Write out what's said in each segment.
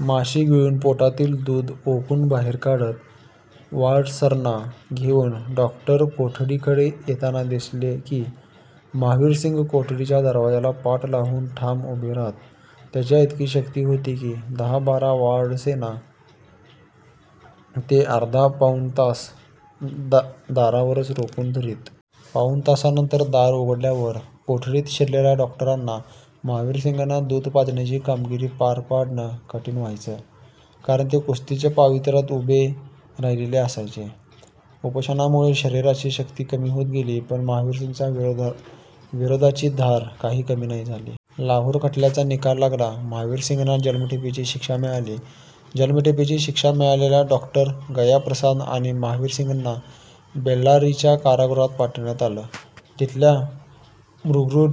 माशी गिळून पोटातील दूध ओकून बाहेर काढत. वॉर्डर्सना घेऊन डॉक्टर कोठडीकडे येताना दिसले की, महावीरसिंग कोठडीच्या दरवाजाला पाठ लावून ठाम उभे राहत. त्यांच्यात इतकी शक्ती होती की, दहा-बारा वॉर्डर्सना ते अर्धा-पाऊण तास दारावरच रोखून धरीत. पाऊण तासानंतर दार उघडल्यावर कोठडीत शिरलेल्या डॉक्टरांना, महावीरसिंगांना दूध पाजण्याची कामगिरी पार पाडणं कठीण व्हायचं; कारण ते कुस्तीच्या पवित्र्यात उभे राहिलेले असायचे. उपोषणामुळे शरीराची शक्ती कमी होत गेली, पण महावीरसिंगांच्या विरोधाची धार काही कमी झाली नाही. लाहोर खटल्याचा निकाल लागला. महावीरसिंगांना जन्मठेपेची शिक्षा मिळाली. जन्मठेपेची शिक्षा मिळालेल्या डॉ. गयाप्रसाद आणि महावीरसिंगांना बेल्लारीच्या कारागृहात पाठविण्यात आलं. तिथल्या मग्रूर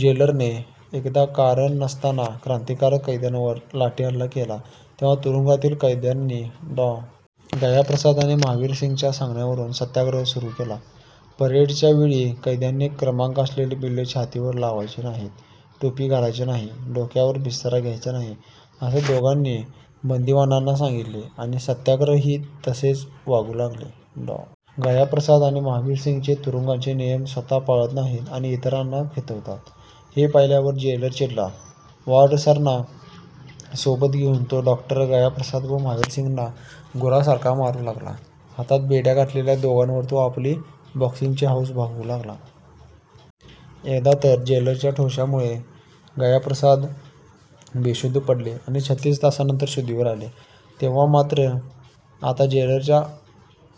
जेलरने एकदा कारण नसताना क्रांतिकारक कैद्यांवर लाठीहल्ला केला तेव्हा तुरुंगातील कैद्यांनी डॉ. गयाप्रसाद आणि महावीरसिंगांच्या सांगण्यावरून सत्याग्रह सुरू केला. परेडच्या वेळी कैद्यांचे क्रमांक असलेले बिल्ले छातीवर लावायचे नाहीत, टोपी घालायची नाही, डोक्यावर बिस्तरा घ्यायचा नाही, असं दोघांनी बंदिवानांना सांगितलं आणि सत्याग्रही तसेच वागू लागले. डॉ. गयाप्रसाद आणि महावीरसिंग तुरुंगाचे नियम स्वतः पाळत नाहीत आणि इतरांना फितवतात, हे पाहिल्यावर जेलर चिडला. वॉर्डर्सना सोबत घेऊन तो डॉ. गयाप्रसाद आणि महावीरसिंगांना गुरासारखा मारू लागला. हातात बेड्या घातलेल्या दोघांवर तो आपली बॉक्सिंगची हौस भागवू लागला. एकदा तर जेलरच्या ठोशामुळे गयाप्रसाद बेशुद्ध पडले आणि छत्तीस तासांनंतर शुद्धीवर आले. तेव्हा मात्र आता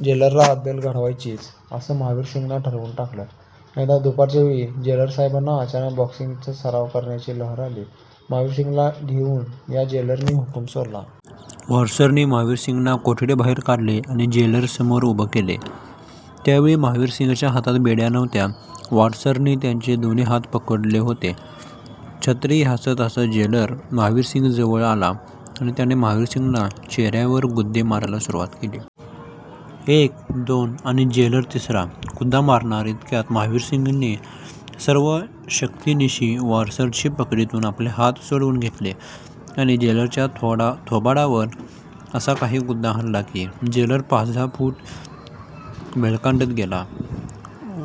'जेलरला अद्दल घडवायचीच' असं महावीरसिंगांनी ठरवून टाकलं. एकदा दुपारच्या वेळी जेलरसाहेबांना अचानक बॉक्सिंगचा सराव करण्याची लहर आली. 'महावीरसिंगला घेऊन या' जेलरने हुकूम सोडला. वॉर्डर्सनी महावीरसिंगांना कोठडीबाहेर काढलं आणि जेलरसमोर उभं केलं. त्यावेळी महावीरसिंगांच्या हातात बेड्या नव्हत्या. वॉर्डर्सनी त्यांचे दोन्ही हात पकडले होते. छद्मी हसत हसत जेलर महावीरसिंगांजवळ आला आणि त्यानं महावीरसिंगांच्या चेहऱ्यावर गुद्दे मारायला सुरुवात केली. एक... दोन... आणि जेलर तिसरा गुद्दा मारणार इतक्यात महावीरसिंगांनी सर्व शक्तिनिशी वॉर्डर्सच्या पकडीतून आपले हात सोडवून घेतले आणि जेलरच्या थोबाडावर असा काही गुद्दा हाणला की, जेलर पाच-दहा फूट भेलकांडत गेला.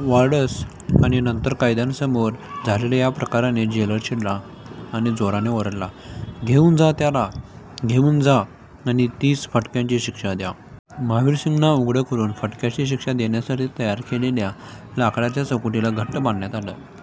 वॉर्डर्स आणि इतर कैद्यांसमोर झालेल्या या प्रकारानं जेलर चिडला आणि जोराने ओरडला- 'घेऊन जा त्याला, घेऊन जा आणि तीस फटक्यांची शिक्षा द्या.' महावीरसिंगांना उघडं करून फटक्यांची शिक्षा देण्यासाठी तयार केलेल्या लाकडाच्या चौकटीला घट्ट बांधण्यात आलं.